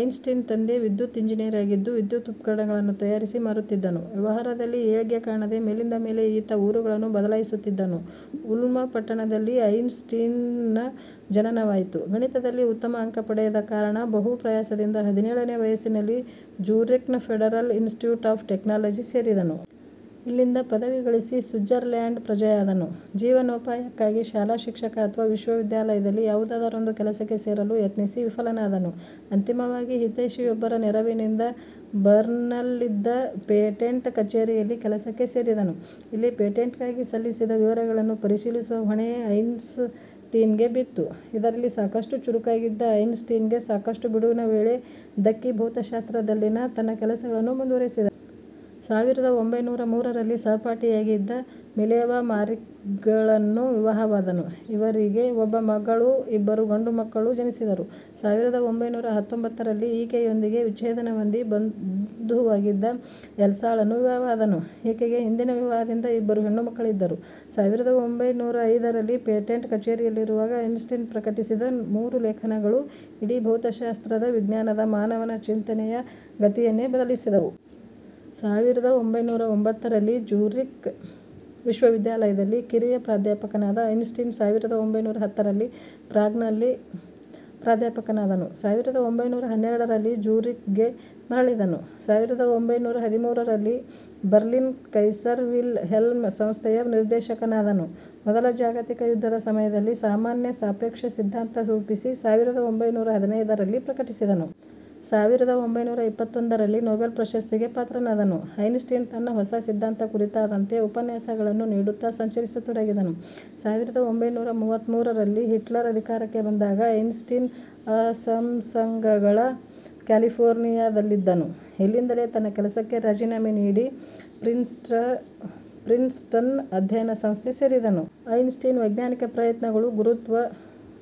ಐನ್ ಸ್ಟೀನ್ ತಂದೆ ವಿದ್ಯುತ್ ಇಂಜಿನಿಯರ್ ಆಗಿದ್ದು ವಿದ್ಯುತ್ ಉಪಕರಣಗಳನ್ನು ತಯಾರಿಸಿ ಮಾರುತ್ತಿದ್ದನು. ವ್ಯವಹಾರದಲ್ಲಿ ಏಳ್ಗೆ ಕಾಣದೆ, ಮೇಲಿಂದ ಮೇಲೆ ಈತ ಊರುಗಳನ್ನು ಬದಲಾಯಿಸುತ್ತಿದ್ದನು. ಉಲ್ಮ್ ಪಟ್ಟಣದಲ್ಲಿ ಐನ್ಸ್ ಟೀನ್ನ ಜನನವಾಯಿತು. ಗಣಿತದಲ್ಲಿ ಉತ್ತಮ ಅಂಕ ಪಡೆಯದ ಕಾರಣ, ಬಹು ಪ್ರಯಾಸದಿಂದ ಹದಿನೇಳನೇ ವಯಸ್ಸಿನಲ್ಲಿ ಝೂರಿಕ್ನ ಫೆಡರಲ್ ಇನ್ಸ್ಟಿಟ್ಯೂಟ್ ಆಫ್ ಟೆಕ್ನಾಲಜಿ ಸೇರಿದನು. ಇಲ್ಲಿಂದ ಪದವಿ ಗಳಿಸಿ ಸ್ವಿಟ್ಸರ್ಲ್ಯಾಂಡ್ ಪ್ರಜೆಯಾದನು. ಜೀವನೋಪಾಯಕ್ಕಾಗಿ ಶಾಲಾ ಶಿಕ್ಷಕ ಅಥವಾ ವಿಶ್ವವಿದ್ಯಾಲಯದಲ್ಲಿ ಯಾವುದಾದರೊಂದು ಕೆಲಸಕ್ಕೆ ಸೇರಲು ಯತ್ನಿಸಿ ವಿಫಲನಾದನು. ಅಂತಿಮವಾಗಿ ಹಿತೈಷಿಯೊಬ್ಬರ ನೆರವಿನಿಂದ ಬರ್ನ್ನಲ್ಲಿದ್ದ ಪೇಟೆಂಟ್ ಕಛೇರಿಯಲ್ಲಿ ಕೆಲಸಕ್ಕೆ ಸೇರಿದನು. ಇಲ್ಲಿ ಪೇಟೆಂಟ್ಗಾಗಿ ಸಲ್ಲಿಸಿದ ವಿವರಗಳನ್ನು ಪರಿಶೀಲಿಸುವ ಹೊಣೆ ಐನ್ಸ್ ಟೀನ್ಗೆ ಬಿದ್ದಿತು. ಇದರಲ್ಲಿ ಸಾಕಷ್ಟು ಚುರುಕಾಗಿದ್ದ ಐನ್ಸ್ ಟೀನ್ಗೆ ಸಾಕಷ್ಟು ಬಿಡುವಿನ ವೇಳೆ ದಕ್ಕಿ ಭೌತಶಾಸ್ತ್ರದಲ್ಲಿನ ತನ್ನ ಕೆಲಸಗಳನ್ನು ಮುಂದುವರೆಸಿದನು. ಸಾವಿರದ ಒಂಭೈನೂರ ಮೂರರಲ್ಲಿ ಸಹಪಾಠಿಯಾಗಿದ್ದ ಮಿಲೆವಾ ಮಾರಿಕ್ಗಳನ್ನು ವಿವಾಹವಾದನು. ಇವರಿಗೆ ಒಬ್ಬ ಮಗಳು, ಇಬ್ಬರು ಗಂಡು ಮಕ್ಕಳು ಜನಿಸಿದರು. ಸಾವಿರದ ಒಂಭೈನೂರ ಹತ್ತೊಂಬತ್ತರಲ್ಲಿ ಈಕೆಯೊಂದಿಗೆ ವಿಚ್ಛೇದನ ಹೊಂದಿ, ಬಂಧುವಾಗಿದ್ದ ಎಲ್ಸಾಳನ್ನು ವಿವಾಹವಾದನು. ಈಕೆಗೆ ಹಿಂದಿನ ವಿವಾಹದಿಂದ ಇಬ್ಬರು ಹೆಣ್ಣುಮಕ್ಕಳಿದ್ದರು. ಸಾವಿರದ ಒಂಭೈನೂರ ಐದರಲ್ಲಿ ಪೇಟೆಂಟ್ ಕಛೇರಿಯಲ್ಲಿರುವಾಗ ಐನ್ ಸ್ಟೀನ್ ಪ್ರಕಟಿಸಿದ ಮೂರು ಲೇಖನಗಳು ಇಡೀ ಭೌತಶಾಸ್ತ್ರದ, ವಿಜ್ಞಾನದ, ಮಾನವನ ಚಿಂತನೆಯ ಗತಿಯನ್ನೇ ಬದಲಿಸಿದವು. ಸಾವಿರದ ಒಂಭೈನೂರ ಒಂಭತ್ತರಲ್ಲಿ ಝೂರಿಕ್ ವಿಶ್ವವಿದ್ಯಾಲಯದಲ್ಲಿ ಕಿರಿಯ ಪ್ರಾಧ್ಯಾಪಕನಾದ ಐನ್ ಸ್ಟೀನ್ ಸಾವಿರದ ಒಂಭೈನೂರ ಹತ್ತರಲ್ಲಿ ಪ್ರಾಗ್ನಲ್ಲಿ ಪ್ರಾಧ್ಯಾಪಕನಾದನು. ಸಾವಿರದ ಒಂಭೈನೂರ ಹನ್ನೆರಡರಲ್ಲಿ ಝೂರಿಕ್ಗೆ ಮರಳಿದನು. ಸಾವಿರದ ಒಂಭೈನೂರ ಹದಿಮೂರರಲ್ಲಿ ಬರ್ಲಿನ್ನ ಕೈಸರ್ ವಿಲ್ ಹೆಲ್ಮ್ ಸಂಸ್ಥೆಯ ನಿರ್ದೇಶಕನಾದನು. ಮೊದಲ ಜಾಗತಿಕ ಯುದ್ಧದ ಸಮಯದಲ್ಲಿ ಸಾಮಾನ್ಯ ಸಾಪೇಕ್ಷ ಸಿದ್ಧಾಂತ ರೂಪಿಸಿ ಸಾವಿರದ ಒಂಭೈನೂರ ಹದಿನೈದರಲ್ಲಿ ಪ್ರಕಟಿಸಿದನು. ಸಾವಿರದ ಒಂಭೈನೂರ ಇಪ್ಪತ್ತೊಂದರಲ್ಲಿ ನೊಬೆಲ್ ಪ್ರಶಸ್ತಿಗೆ ಪಾತ್ರನಾದನು. ಐನ್ ಸ್ಟೀನ್, ತನ್ನ ಹೊಸ ಸಿದ್ಧಾಂತ ಕುರಿತಾದಂತೆ ಉಪನ್ಯಾಸಗಳನ್ನು ನೀಡುತ್ತಾ ಸಂಚರಿಸತೊಡಗಿದನು. ಸಾವಿರದ ಒಂಭೈನೂರ ಮೂವತ್ಮೂರರಲ್ಲಿ ಹಿಟ್ಲರ್ ಅಧಿಕಾರಕ್ಕೆ ಬಂದಾಗ ಐನ್ ಸ್ಟೀನ್ ಅಸಂಸಂಗಳ ಕ್ಯಾಲಿಫೋರ್ನಿಯಾದಲ್ಲಿದ್ದನು. ಇಲ್ಲಿಂದಲೇ ತನ್ನ ಕೆಲಸಕ್ಕೆ ರಾಜಿನಾಮೆ ನೀಡಿ, ಪ್ರಿನ್ ಸ್ಟನ್ನ ಅಧ್ಯಯನ ಸಂಸ್ಥೆ ಸೇರಿದನು. ಐನ್ ಸ್ಟೀನ್ನ ವೈಜ್ಞಾನಿಕ ಪ್ರಯತ್ನಗಳು ಗುರುತ್ವ,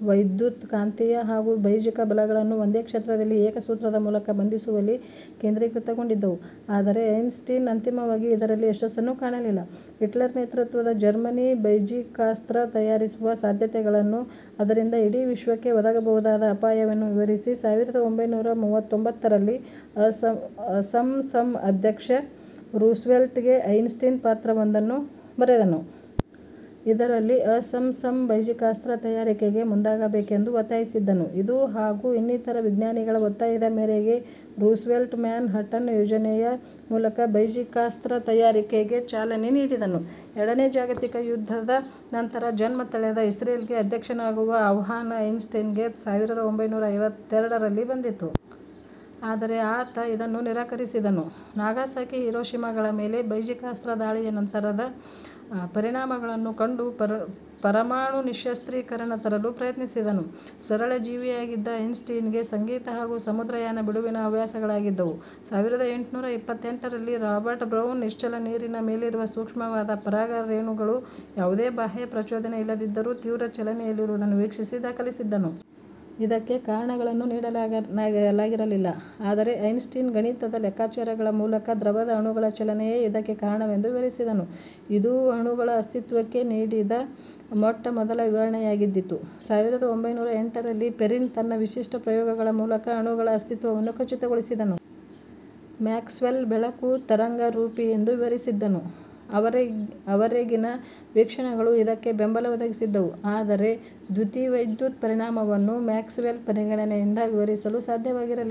ವೈದ್ಯುತ್ ಕಾಂತೀಯ ಹಾಗೂ ಬೈಜಿಕ ಬಲಗಳನ್ನು ಒಂದೇ ಕ್ಷೇತ್ರದಲ್ಲಿ ಏಕ ಸೂತ್ರದ ಮೂಲಕ ಬಂಧಿಸುವಲ್ಲಿ ಕೇಂದ್ರಿಕೃತಗೊಂಡಿದ್ದವು. ಆದರೆ ಐನ್ಸ್ಟೀನ್ ಅಂತಿಮವಾಗಿ ಇದರಲ್ಲಿ ಯಶಸ್ಸನ್ನು ಕಾಣಲಿಲ್ಲ. ಹಿಟ್ಲರ್ ನೇತೃತ್ವದ ಜರ್ಮನಿ ಬೈಜಿಕಾಸ್ತ್ರ ತಯಾರಿಸುವ ಸಾಧ್ಯತೆಗಳನ್ನು ಅದರಿಂದ ಇಡೀ ವಿಶ್ವಕ್ಕೆ ಒದಗಬಹುದಾದ ಅಪಾಯವನ್ನು ವಿವರಿಸಿ, ಸಾವಿರದ ಒಂಭೈನೂರ ಮೂವತೊಂಬತ್ತರಲ್ಲಿ ಅಸಂಸಂ ಅಧ್ಯಕ್ಷ ರೂಸ್ವೆಲ್ಟ್ ಗೆ ಐನ್ ಸ್ಟೀನ್ ಪತ್ರವೊಂದನ್ನು ಬರೆದನು. ಇದರಲ್ಲಿ ಅಸಂಸಂ ಬೈಜಿಕಾಸ್ತ್ರ ತಯಾರಿಕೆಗೆ ಮುಂದಾಗಬೇಕೆಂದು ಒತ್ತಾಯಿಸಿದ್ದನು. ಇದು ಹಾಗೂ ಇನ್ನಿತರ ವಿಜ್ಞಾನಿಗಳ ಒತ್ತಾಯದ ಮೇರೆಗೆ ರೂಸ್ವೆಲ್ಟ್ ಮ್ಯಾನ್ ಹಟನ್ ಯೋಜನೆಯ ಮೂಲಕ ಬೈಜಿಕಾಸ್ತ್ರ ತಯಾರಿಕೆಗೆ ಚಾಲನೆ ನೀಡಿದನು. ಎರಡನೇ ಜಾಗತಿಕ ಯುದ್ದದ ನಂತರ ಜನ್ಮ ತಳೆದ ಇಸ್ರೇಲ್ಗೆ ಅಧ್ಯಕ್ಷನಾಗುವ ಆಹ್ವಾನ ಐನ್ ಸ್ಟೀನ್ಗೆ ಸಾವಿರದ ಒಂಭೈನೂರ ಐವತ್ತೆರಡರಲ್ಲಿ ಬಂದಿತು. ಆದರೆ ಆತ ಇದನ್ನು ನಿರಾಕರಸಿದನು. ನಾಗಸಾಕಿ, ಹಿರೋಷಿಮಾಗಳ ಮೇಲೆ ಬೈಜಿಕಾಸ್ತ್ರ ದಾಳಿಯ ನಂತರದ ಪರಿಣಾಮಗಳನ್ನು ಕಂಡು ಪರಮಾಣು ನಿಶ್ಯಸ್ತ್ರೀಕರಣ ತರಲು ಯತ್ನಿಸಿದನು. ಸರಳ ಜೀವಿಯಾಗಿದ್ದ ಐನ್ ಸ್ಟೀನ್ ಗೆ ಸಂಗೀತ ಹಾಗೂ ಸಮುದ್ರಯಾನ ಬಿಡುವಿನ ಹವ್ಯಾಸಗಳಾಗಿದ್ದವು. ಸಾವಿರದ ಎಂಟು ನೂರ ಇಪ್ಪತ್ತೆಂಟರಲ್ಲಿ ರಾಬರ್ಟ್ ಬ್ರೌನ್, ನಿಶ್ಚಲ ನೀರಿನ ಮೇಲಿರುವ ಸೂಕ್ಷ್ಮವಾದ ಪರಾಗ ರೇಣುಗಳು ಯಾವುದೇ ಬಾಹ್ಯ ಪ್ರಚೋದನೆಯಿಲ್ಲದಿದ್ದರೂ, ತೀವ್ರ ಚಲನೆಯಲ್ಲಿರುವುದನ್ನು ವೀಕ್ಷಿಸಿ ದಾಖಲಿಸಿದ್ದನು. ಇದಕ್ಕೆ ಕಾರಣಗಳನ್ನು ನೀಡಲಾಗಿರಲಿಲ್ಲ.. ಆದರೆ ಐನ್ ಸ್ಟೀನ್ ಗಣಿತದ ಲೆಕ್ಕಾಚಾರಗಳ ಮೂಲಕ ದ್ರವದ ಅಣುಗಳ ಚಲನೆಯೇ ಇದಕ್ಕೆ ಕಾರಣವೆಂದು ವಿವರಿಸಿದನು. ಇದು ಅಣುಗಳ ಅಸ್ತಿತ್ವಕ್ಕೆ ನೀಡಿದ ಮೊಟ್ಟ ಮೊದಲ ವಿವರಣೆಯಾಗಿದ್ದಿತು. ಸಾವಿರದ ಒಂಭೈನೂರ ಎಂಟರಲ್ಲಿ ಪೆರಿನ್ ತನ್ನ ವಿಶಿಷ್ಟ ಪ್ರಯೋಗಗಳ ಮೂಲಕ ಅಣುಗಳ ಅಸ್ತಿತ್ವವನ್ನು ಖಚಿತಗೊಳಿಸಿದನು. ಮ್ಯಾಕ್ ಸ್ವೆಲ್ ಬೆಳಕು ತರಂಗರೂಪಿಯೆಂದು ವಿವರಿಸಿದ್ದನು. ಆವರೆಗಿನ ವೀಕ್ಷಣೆಗಳು ಇದಕ್ಕೆ ಬೆಂಬಲ ಒದಗಿಸಿದ್ದವು. ಆದರೆ ದ್ಯುತಿವೈದ್ಯುತ್ ಪರಿಣಾಮವನ್ನು ಮ್ಯಾಕ್ಸ್'ವೆಲ್ ಪರಿಗಣನೆಯಿಂದ ವಿವರಿಸಲು ಸಾಧ್ಯವಾಗಿರಲಿಲ್ಲ,.